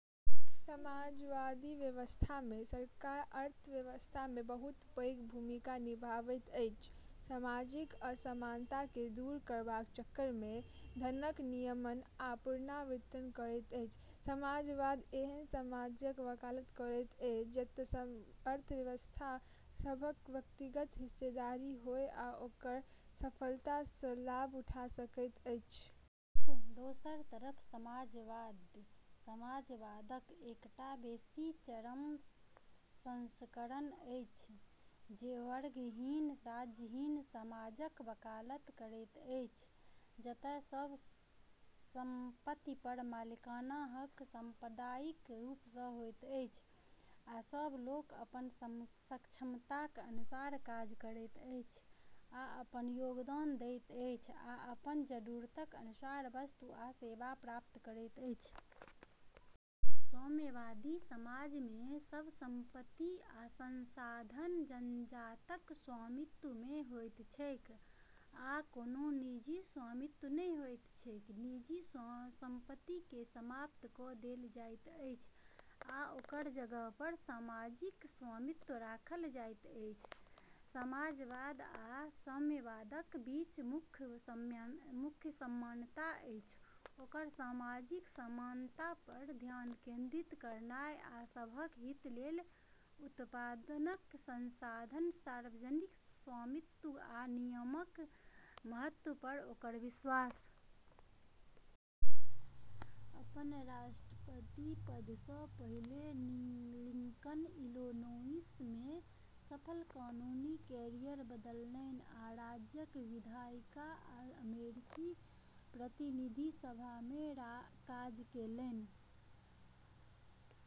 समाजवादी व्यवस्थामे सरकार अर्थव्यवस्थामे बहुत पैघ भूमिका निभाबैत अछि, सामाजिक असमानताकेँ दूर करबाक चक्करमे धनक नियमन आ पुनर्वितरण करैत अछि। समाजवाद एहन समाजक वकालत करैत अछि जतय अर्थव्यवस्थामे सभक व्यक्तिगत हिस्सेदारी होय आ ओकर सफलतासँ लाभ उठा सकैत अछि। दोसर तरफ साम्यवाद समाजवादक एकटा बेसी चरम संस्करण अछि, जे वर्गहीन, राज्यहीन समाजक वकालत करैत अछि, जतय सभ सम्पतिपर मालिकाना हक साम्प्रदायिक रूपसँ होइत अछि, आ सभ लोक अपन क्षमताक अनुसार काज करैत अछि आ योगदान दैत अछि, आ अपन जरूरतक अनुसार वस्तु आ सेवा प्राप्त करैत अछि। साम्यवादी समाजमे सभ सम्पति आ संसाधन जनताक स्वामित्वमे होइत छैक, आ कोनो निजी स्वामित्व नहि होइत छैक। निजी सम्पतिकेँ समाप्त कऽ देल जाइत अछि आ ओकर जगहपर सार्वजनिक स्वामित्व राखल जाइत अछि। समाजवाद आ साम्यवादक बीच मुख्य समानता अछि ओकर सामाजिक समानतापर ध्यान केन्द्रित करनाइ, आ सभक हितलेल उत्पादनक साधनक सार्वजनिक स्वामित्व आ नियमनक महत्वपर ओकर विश्वास। अपन राष्ट्रपति पदसँ पहिने लिङ्कन इलिनोइसमे सफल कानूनी क्यारियर बनौलनि आ राज्यक विधायिका आ अमेरिकी प्रतिनिधि सभामे काज केलनि।